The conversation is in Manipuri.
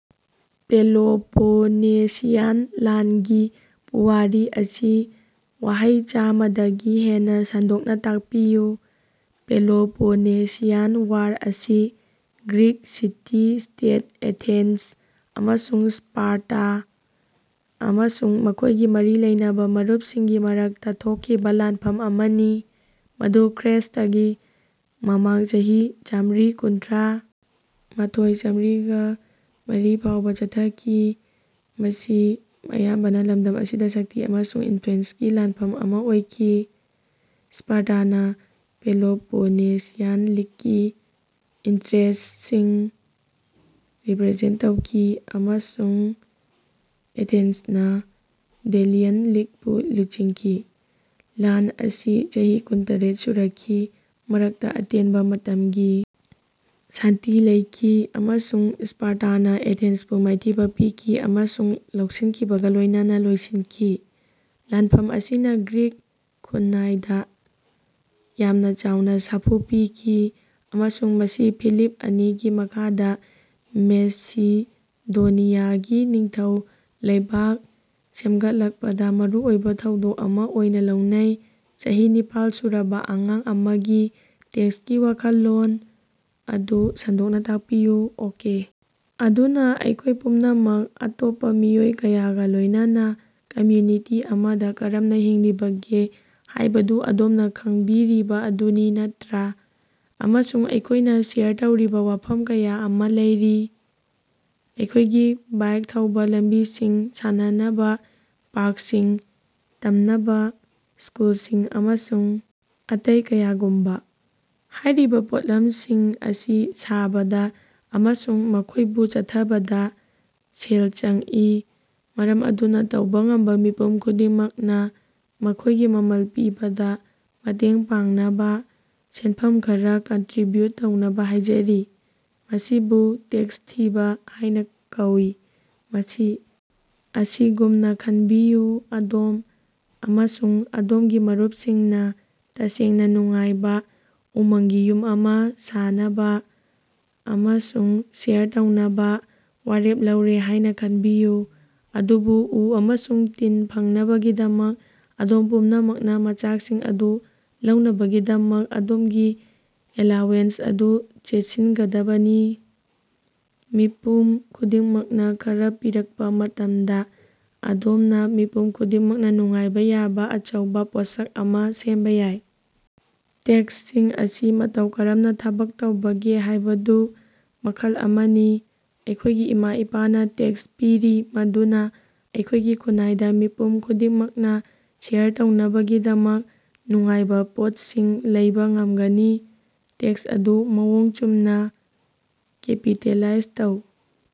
ꯄꯦꯂꯣꯄꯣꯅꯦꯁꯤꯌꯥꯟ ꯂꯥꯟꯒꯤ ꯄꯨꯋꯥꯔꯤ ꯑꯁꯤ ꯋꯥꯍꯩ ꯆꯥꯃ ꯗꯒꯤ ꯍꯦꯟꯅ ꯁꯟꯗꯣꯛꯅ ꯇꯥꯛꯄꯤꯌꯨ꯫ ꯄꯦꯂꯣꯄꯣꯅꯦꯁꯤꯌꯥꯟ ꯋꯥꯔ ꯑꯁꯤ ꯒ꯭ꯔꯤꯛ ꯁꯤꯇꯤ-ꯁ꯭ꯇꯦꯠ ꯑꯦꯊꯦꯟꯁ ꯑꯃꯁꯨꯡ ꯁ꯭ꯄꯥꯔꯇꯥ, ꯑꯃꯁꯨꯡ ꯃꯈꯣꯏꯒꯤ ꯃꯔꯤ ꯂꯩꯅꯕ ꯃꯔꯨꯞꯁꯤꯡꯒꯤ ꯃꯔꯛꯇ ꯊꯣꯛꯈꯤꯕ ꯂꯥꯟꯐꯝ ꯑꯃꯅꯤ, ꯃꯗꯨ ꯈ꯭ꯔ꯭ꯏꯁ꯭ꯇꯒꯤ ꯃꯃꯥꯡ ꯆꯍꯤ ꯆꯥꯃ꯭ꯔꯤ ꯀꯨꯟꯊ꯭ꯔ ꯃꯊꯣꯏ-ꯆꯃ꯭ꯔꯒ ꯃꯔꯤ ꯐꯥꯎꯕ ꯆꯠꯊꯈꯤ꯫ ꯃꯁꯤ ꯑꯌꯥꯝꯕꯅ ꯂꯝꯗꯝ ꯑꯁꯤꯗ ꯁꯛꯇꯤ ꯑꯃꯁꯨꯡ ꯏꯅꯐ꯭ꯂꯨꯑꯦꯟꯁꯀꯤ ꯂꯥꯟꯐꯝ ꯑꯃ ꯑꯣꯏꯈꯤ, ꯁ꯭ꯄꯥꯔꯇꯅ ꯄꯦꯂꯣꯄꯣꯅꯦꯁꯤꯌꯥꯟ ꯂꯤꯒꯀꯤ ꯏꯟꯇꯔꯦꯁ꯭ꯇꯁꯤꯡ ꯔꯤꯄ꯭ꯔꯖꯦꯟꯠ ꯇꯧꯈꯤ ꯑꯃꯁꯨꯡ ꯑꯦꯊꯦꯟꯁꯅ ꯗꯦꯂꯤꯌꯟ ꯂꯤꯒꯄꯨ ꯂꯨꯆꯤꯡꯈꯤ꯫ ꯂꯥꯟ ꯑꯁꯤ ꯆꯍꯤ ꯀꯨꯟꯇꯔꯦꯠ ꯁꯨꯔꯛꯈꯤ, ꯃꯔꯛꯇ ꯑꯇꯦꯟꯕ ꯃꯇꯝꯒꯤ ꯁꯥꯟꯇꯤ ꯂꯩꯈꯤ, ꯑꯃꯁꯨꯡ ꯁ꯭ꯄꯥꯔꯇꯅ ꯑꯦꯊꯦꯟꯁꯄꯨ ꯃꯥꯏꯊꯤꯕ ꯄꯤꯈꯤ ꯑꯃꯁꯨꯡ ꯂꯧꯁꯤꯟꯈꯤꯕꯒ ꯂꯣꯏꯅꯅ ꯂꯣꯏꯁꯤꯟꯈꯤ꯫ ꯂꯥꯟꯐꯝ ꯑꯁꯤꯅ ꯒ꯭ꯔꯤꯛ ꯈꯨꯟꯅꯥꯏꯗ ꯌꯥꯝꯅ ꯆꯥꯎꯅ ꯁꯥꯐꯨ ꯄꯤꯈꯤ ꯑꯃꯁꯨꯡ ꯃꯁꯤ ꯐꯤꯂꯤꯞ ꯑꯅꯤꯒꯤ ꯃꯈꯥꯗ ꯃꯦꯁꯤꯗꯣꯅꯤꯌꯥꯒꯤ ꯅꯤꯡꯊꯧ ꯂꯩꯕꯥꯛ ꯁꯦꯃꯒꯠꯂꯛꯄꯗꯥ ꯃꯔꯨꯑꯣꯏꯕ ꯊꯧꯗꯣꯛ ꯑꯃꯥ ꯑꯣꯏꯅ ꯂꯧꯅꯩ꯫ ꯆꯍꯤ ꯅꯤꯄꯥꯜ ꯁꯨꯔꯕ ꯑꯉꯥꯡ ꯑꯃꯒꯤ ꯇꯦꯛꯁꯀꯤ ꯋꯥꯈꯜꯂꯣꯟ ꯑꯗꯨ ꯁꯟꯗꯣꯛꯅ ꯇꯥꯛꯄꯤꯌꯨ꯫ ꯑꯣꯀꯦ! ꯑꯗꯨꯅꯥ, ꯑꯩꯈꯣꯏ ꯄꯨꯝꯅꯃꯛ ꯑꯇꯣꯞꯄ ꯃꯤꯑꯣꯏ ꯀꯌꯥꯒ ꯂꯣꯏꯅꯅ ꯀꯝꯌꯨꯅꯤꯇꯤ ꯑꯃꯗ ꯀꯔꯝꯅ ꯍꯤꯡꯂꯤꯕꯒꯦ ꯍꯥꯌꯕꯗꯨ ꯑꯗꯣꯝꯅ ꯈꯪꯕꯤꯔꯤꯕ ꯑꯗꯨꯅꯤ, ꯅꯠꯇ꯭ꯔꯥ? ꯑꯃꯁꯨꯡ ꯑꯩꯈꯣꯏꯅ ꯁꯦꯌꯔ ꯇꯧꯔꯤꯕ ꯋꯥꯐꯝ ꯀꯌꯥ ꯑꯃ ꯂꯩꯔꯤ ꯑꯩꯈꯣꯏꯒꯤ ꯕꯥꯏꯛ ꯊꯧꯕ ꯂꯝꯕꯤꯁꯤꯡ, ꯁꯥꯟꯅꯅꯕ ꯄꯥ꯭ꯔꯛꯁꯤꯡ, ꯇꯝꯅꯕ ꯁ꯭ꯀꯨꯂꯁꯤꯡ ꯑꯃꯁꯨꯡ ꯑꯇꯩ ꯀꯌꯥꯒꯨꯝꯕꯥ꯫ ꯍꯥꯏꯔꯤꯕ ꯄꯣꯠꯂꯝꯁꯤꯡ ꯑꯁꯤ ꯁꯥꯕꯗ ꯑꯃꯁꯨꯡ ꯃꯈꯣꯏꯕꯨ ꯆꯠꯊꯕꯗ ꯁꯦꯜ ꯆꯪꯏ, ꯃꯔꯝ ꯑꯗꯨꯅ ꯇꯧꯕ ꯉꯝꯕꯥ ꯃꯤꯄꯨꯝ ꯈꯨꯗꯤꯡꯃꯛꯅ, ꯃꯈꯣꯏꯒꯤ ꯃꯃꯜ ꯄꯤꯕꯗ ꯃꯇꯦꯡ ꯄꯥꯡꯅꯕ ꯁꯦꯅꯐꯝ ꯈꯔ ꯀꯟꯇ꯭ꯔꯤꯕ꯭ꯌꯨꯠ ꯇꯧꯅꯕ ꯍꯥꯏꯖꯔꯤ꯫ ꯃꯁꯤꯕꯨ ꯇꯦꯛꯁ ꯊꯤꯕ ꯍꯥꯏꯅꯥ ꯀꯧꯏ꯫ ꯃꯁꯤ ꯑꯁꯤꯒꯨꯝꯅ ꯈꯟꯕꯤꯌꯨ ꯑꯗꯣꯝ ꯑꯃꯁꯨꯡ ꯑꯗꯣꯝꯒꯤ ꯃꯔꯨꯞꯁꯤꯡꯅ ꯇꯁꯦꯡꯅ ꯅꯨꯡꯉꯥꯏꯕ ꯎꯃꯪꯒꯤ ꯌꯨꯝ ꯑꯃ ꯁꯥꯅꯕ ꯑꯃꯁꯨꯡ ꯁꯦꯌꯔ ꯇꯧꯅꯕ ꯋꯥꯔꯦꯞ ꯂꯧꯔꯦ ꯍꯥꯏꯅ ꯈꯟꯕꯤꯌꯨ꯫ ꯑꯗꯨꯕꯨ, ꯎ ꯑꯃꯁꯨꯡ ꯇꯤꯟ ꯐꯪꯅꯕꯒꯤꯗꯃꯛ, ꯑꯗꯣꯝ ꯄꯨꯝꯅꯃꯛꯅ ꯃꯆꯥꯛꯁꯤꯡ ꯑꯗꯨ ꯂꯧꯅꯕꯒꯤꯗꯃꯛ ꯑꯗꯣꯝꯒꯤ ꯑꯦꯂꯥꯋꯦꯟꯁ ꯑꯗꯨ ꯆꯦꯠꯁꯤꯒꯗꯕꯅꯤ꯫ ꯃꯤꯄꯨꯝ ꯈꯨꯗꯤꯡꯃꯛꯅ ꯈꯔ ꯄꯤꯔꯛꯄ ꯃꯇꯝꯗ, ꯑꯗꯣꯝꯅ ꯃꯤꯄꯨꯝ ꯈꯨꯗꯤꯡꯃꯛꯅ ꯅꯨꯡꯉꯥꯏꯕ ꯌꯥꯕ ꯑꯆꯧꯕ ꯄꯣꯠꯁꯛ ꯑꯃ ꯁꯦꯝꯕ ꯌꯥꯏ! ꯇꯦꯛꯁꯁꯤꯡ ꯑꯁꯤ ꯃꯇꯧ ꯀꯔꯝꯅ ꯊꯕꯛ ꯇꯧꯕꯒꯦ ꯍꯥꯏꯕꯗꯨ ꯃꯈꯜ ꯑꯃꯅꯤ꯫ ꯑꯩꯈꯣꯏꯒꯤ ꯏꯃꯥ-ꯏꯄꯥꯅ ꯇꯦꯛꯁ ꯄꯤꯔꯤ ꯃꯗꯨꯅ ꯑꯩꯈꯣꯏꯒꯤ ꯈꯨꯟꯅꯥꯏꯗ ꯃꯤꯄꯨꯝ ꯈꯨꯗꯤꯡꯃꯛꯅ ꯁꯦꯌꯔ ꯇꯧꯅꯕꯒꯤꯗꯃꯛ ꯅꯨꯡꯉꯥꯏꯕ ꯄꯣꯠꯁꯤꯡ ꯂꯩꯕ ꯉꯝꯒꯅꯤ꯫ ꯇꯦꯛꯁ ꯑꯗꯨ ꯃꯑꯣꯡ ꯆꯨꯝꯅ ꯀꯦꯄꯤꯇꯦꯂꯥꯏꯖ ꯇꯧ꯫